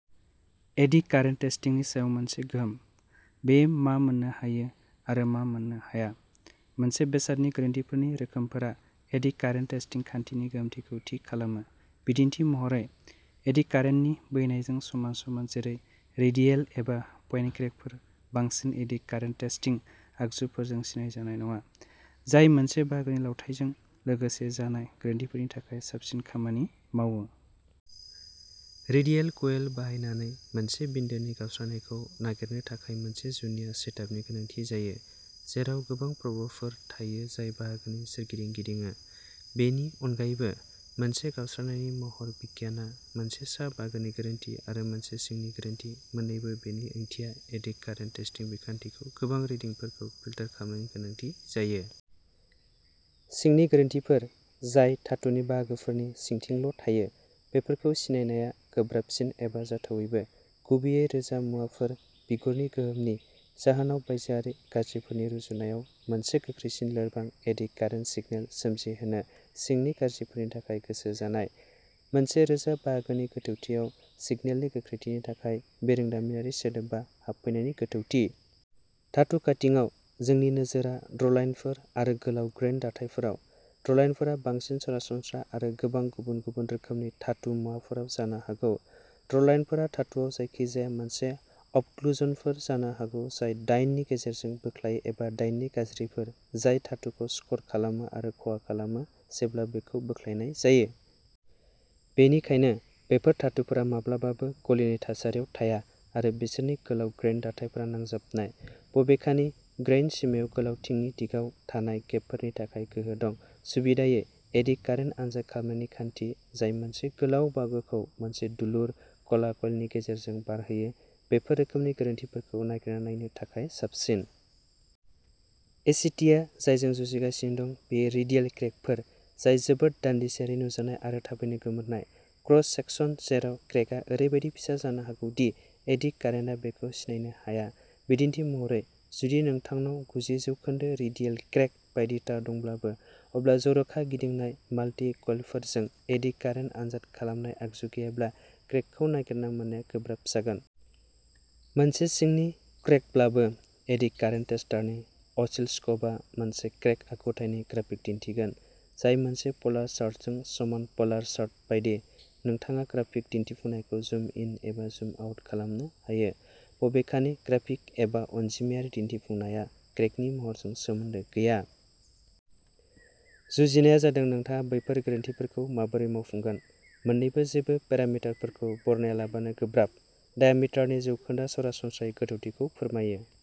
Eddie current टेस्टिंनि सायाव मोनसे गोहोम, बेयो मा मोन्नो हायो, आरो मा मोननो हाया। मोनसे बेसादनि गोरोन्थिफोरनि रोखोमफोरा एडि कारेन्ट टेस्टिं खान्थिनि गोहोमथिखौ थि खालामो। बिदिन्थि महरै, एडि कारेन्टनि बोहैनायजों समान-समान जेरै रेडियेल एबा पइन्ट क्रेकफोर बांसिन एडि कारेन्ट टेस्टिं आगजुफोरजों सिनाय जानाय नङा, जाय मोनसे बाहागोनि लावथाइजों लोगोसे जानाय गोरोन्थिफोरनि थाखाय साबसिन खामानि मावो। रेडियेल क'इल बाहायनानै मोनसे बिन्दोनि गावस्रानायखौ नागिरनो थाखाय मोनसे जुनिया सेटआपनि गोनांथि जायो, जेराव गोबां प्र'बफोर थायो जाय बाहागोनि सोरगिदिं गिदिङो। बेनि अनगायैबो, मोनसे गावस्रानायनि महर बिगियानआ मोनसे सा-बाहागोनि गोरोन्थि आरो मोनसे सिंनि गोरोन्थि मोन्नैबो बेनि ओंथिया एडि कारेन्ट टेस्टिं बिखान्थिखौ गोबां रिडिंफोरखौ फिल्टार खालामनायनि गोनांथि जायो। सिंनि गोरोन्थिफोर जाय धातुनि बाहागोफोरनि सिंथिंल' थायो, बेफोरखौ सिनायनाया गोब्राबसिन एबा जाथावैबो, गुबैयै रोजा मुवाफोर, बिगुरनि गोहोमनि जाहोनाव-बायजोआरि गाज्रिफोरनि रुजुनायाव मोनसे गोख्रैसिन लोरबां एडि कारेन्ट सिगनेल सोमजिहोनो सिंनि गाज्रिफोरनि थाखाय गोसो जानाय। मोनसे रोजा बाहागोनि गोथौथियाव सिगनेलनि गोख्रोंथिनि थाखाय बिरोंदामिनारि सोदोबा हाबफैनायनि गोथौथि। धातु काटिंआव, जोंनि नोजोरआ ड्र'लाइनफोर आरो गोलाव ग्रेइन दाथायफोराव। ड्र'लाइनफोरा बांसिन सरासनस्रा आरो गोबां गुबुन-गुबुन रोखोमनि धातु मुवाफोराव जानो हागौ। ड्र'लाइनफोरा धातुआव जायखिजाया मोनसे अबक्लुजनफोर जानो हागौ जाय डाइनि गेजेरजों बोख्लायो एबा डाइनि गाज्रिफोर जाय धातुखौ स्कर खालामो आरो खहा खालामो जेब्ला बेखौ बोख्लायनाय जायो। बेनिखायनो, बेफोर धातुफोरा माब्लाबाबो गलिनाय थासारियाव थाया, आरो बिसोरनि गोलाव ग्रेइन दाथायफोरा नांजाबनाय। बबेखानि, ग्रेइन सिमायाव गोलावथिंनि दिगाव थानाय गेपफोरनि थाखाय गोहो दं। सुबिदायै, एडि कारेन्ट आनजाद खालामनाय खान्थि, जाय मोनसे गोलाव बाहागोखौ मोनसे दुलुर, ख'ला क'इलनि गेजेरजों बारहोयो, बेफोर रोखोमनि गोरोन्थिफोरखौ नागिरना नायनो थाखाय साबसिन। इसिटिआ जायजों जुजिगासिनो दं बेयो रेडियेल क्रेकफोर, जाय जोबोद दानदिसेयारि-नुजानाय आरो थाबैनो गोमोरनाय। क्रस सेकसन जेराव क्रेकआ ओरैबायदि फिसा जानो हागौ दि एडि कारेन्टआ बेखौ सिनायनो हाया। बिदिन्थि महरै, जुदि नोंथांनाव गुजि जौखोन्दो रेडियेल क्रेक बायदि तार दंब्लाबो, अब्ला जर'खा गिदिंनाय माल्टि-क'इलफोरजों एडि कारेन्ट आनजाद खालामनाय आगजु गैयाब्ला क्रेकखौ नागिरना मोन्नायआ गोब्राब जागोन। मोनसे सिंनि क्रेकब्लाबो। एडि कारेन्ट टेस्टारनि असिलस्कपआ मोनसे क्रेक आखुथायनि ग्राफिक दिन्थिगोन, जाय मोनसे पलार चार्टजों समान पोलार चार्ट बायदि, नोंथाङा ग्राफिक दिन्थिफुंनायखौ जुम इन एबा जुम आउट खालामनो हायो। बबेखानि, ग्राफिक एबा अनजिमायारि दिन्थिफुंनाया क्रेकनि महरजों सोमोन्दो गैया। जुजिनाया जादों नोंथाङा बैफोर गोनांथिफोरखौ माबोरै मावफुंगोन? मोननैबो जेबो पेरामिटारफोरखौ बरनायालाबानो गोब्राब। डायामिटारनि जौखोन्दोआ सरासनस्रायै गोथौथिखौ फोरमायो।